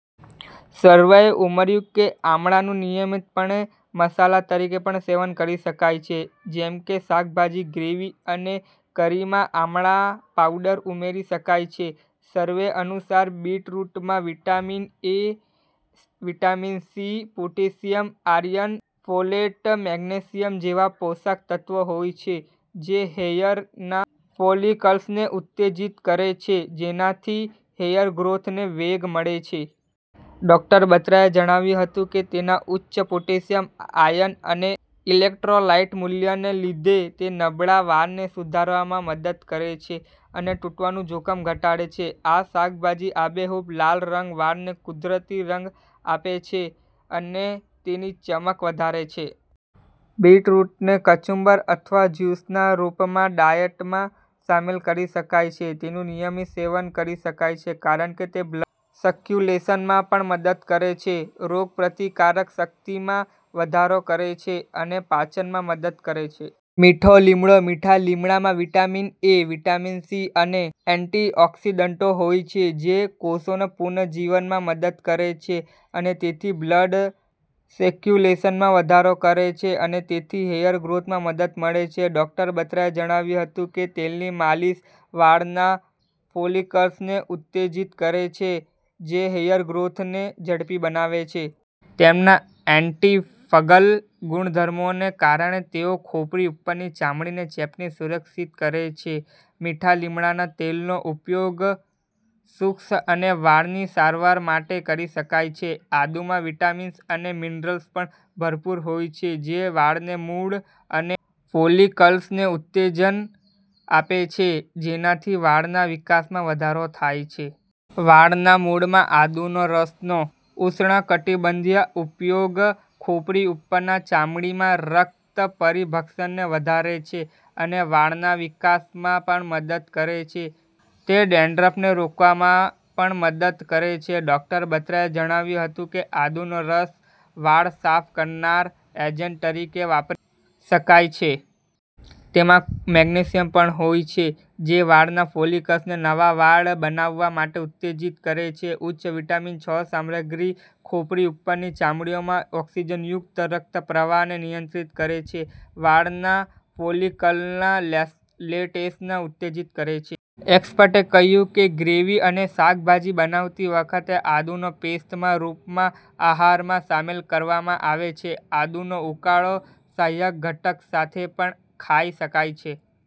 સર્વેએ ઉમેર્યું કે આમળાનું નિયમિતપણે મસાલા તરીકે પણ સેવન કરી શકાય છે જેમ કે શાકભાજી, ગ્રેવી અને કરીમાં આમળા પાવડર ઉમેરી શકાય છે. સર્વે અનુસાર, બીટરૂટમાં vitamin A, vitamin C, potassium, iron, folate, magnesium જેવા પોષક તત્વો હોય છે જે હેયરના ફોલિકલ્સને ઉત્તેજિત કરે છે જેનાથી હેયરગ્રોથને વેગ મળે છે. ડોક્ટર બત્રાએ જણાવ્યું હતું કે, તેના ઉચ્ચ પોટેશિયમ, આયર્ન અને ઇલેક્ટ્રોલાઇટ મૂલ્યને લીધે, તે નબળા વાળને સુધારવામાં મદદ કરે છે અને તૂટવાનું જોખમ ઘટાડે છે. આ શાકભાજીનો આબેહૂબ લાલ રંગ વાળને કુદરતી રંગ આપે છે અને તેની ચમક વધારે છે. બીટરૂટને કચુંબર અથવા જ્યુસના રૂપમાં ડાયટમાં સામેલ કરી શકાય છે. તેનું નિયમિત સેવન કરી શકાય છે કારણ કે તે બ્લડ સર્ક્યુલેશનમાં પણ મદદ કરે છે, રોગપ્રતિકારક શક્તિમાં વધારો કરે છે અને પાચનમાં મદદ કરે છે. મીઠો લીમડો, મીઠા લીમડામાં વિટામિન એ, વિટામિન સી અને એન્ટીઑકિસડન્ટો હોય છે જે કોષોના પુનર્જીવનમાં મદદ કરે છે અને તેથી બ્લડ સર્ક્યુલેશનમાં વધારો કરે છે અને તેથી હેયરગ્રોથમાં મદદ કરે છે. ડોક્ટર બત્રાએ જણાવ્યું હતું કે, " તેલની માલિશ વાળના ફોલિકલ્સને ઉત્તેજિત કરે છે, જે હેયરગ્રોથને ઝડપી બનાવે છે. તેમના એન્ટી-ફંગલ ગુણધર્મોને કારણે, તેઓ ખોપરી ઉપરની ચામડીને ચેપથી સુરક્ષિત કરે છે. મીઠા લીમડાના તેલનો ઉપયોગ શુષ્ક અને વાળની સારવાર માટે કરી શકાય છે. " આદુ માં વિટામિન્સ અને મિનરલ્સ પણ ભરપૂર હોય છે જે વાળના મૂળ અને ફોલિકલ્સને ઉત્તેજન આપે છે જેનાથી વાળના વિકાસમાં વધારો થાય છે. વાળના મૂળમાં આદુના રસનો ઉષ્ણકટિબંધીય ઉપયોગ ખોપરી ઉપરની ચામડીમાં રક્ત પરિભ્રમણને વધારે છે અને વાળના વિકાસમાં પણ મદદ કરે છે, તે ડેન્ડ્રફને રોકવામાં પણ મદદ કરે છે. ડોક્ટર બત્રાએ જણાવ્યું હતું કે, "આદુનો રસ વાળ સાફ કરનાર એજન્ટ તરીકે વાપરી શકાય છે. તેમાં મેગ્નેશિયમ પણ હોય છે, જે વાળના ફોલિકલ્સને નવા વાળ બનાવવા માટે ઉત્તેજિત કરે છે. ઉચ્ચ વિટામિન છ સામગ્રી ખોપરી ઉપરની ચામડીમાં ઓક્સિજનયુક્ત રક્ત પ્રવાહને નિયંત્રિત કરે છે, વાળના ફોલિકલના લેટેસ્ટને ઉત્તેજિત કરે છે. " એક્સપર્ટએ કહ્યું કે, ગ્રેવી અને શાકભાજી બનાવતી વખતે આદુને પેસ્ટના રૂપમાં આહારમાં સામેલ કરવામાં આવે છે. આદુનો ઉકાળો સહાયક ઘટક સાથે પણ ખાઈ શકાય છે.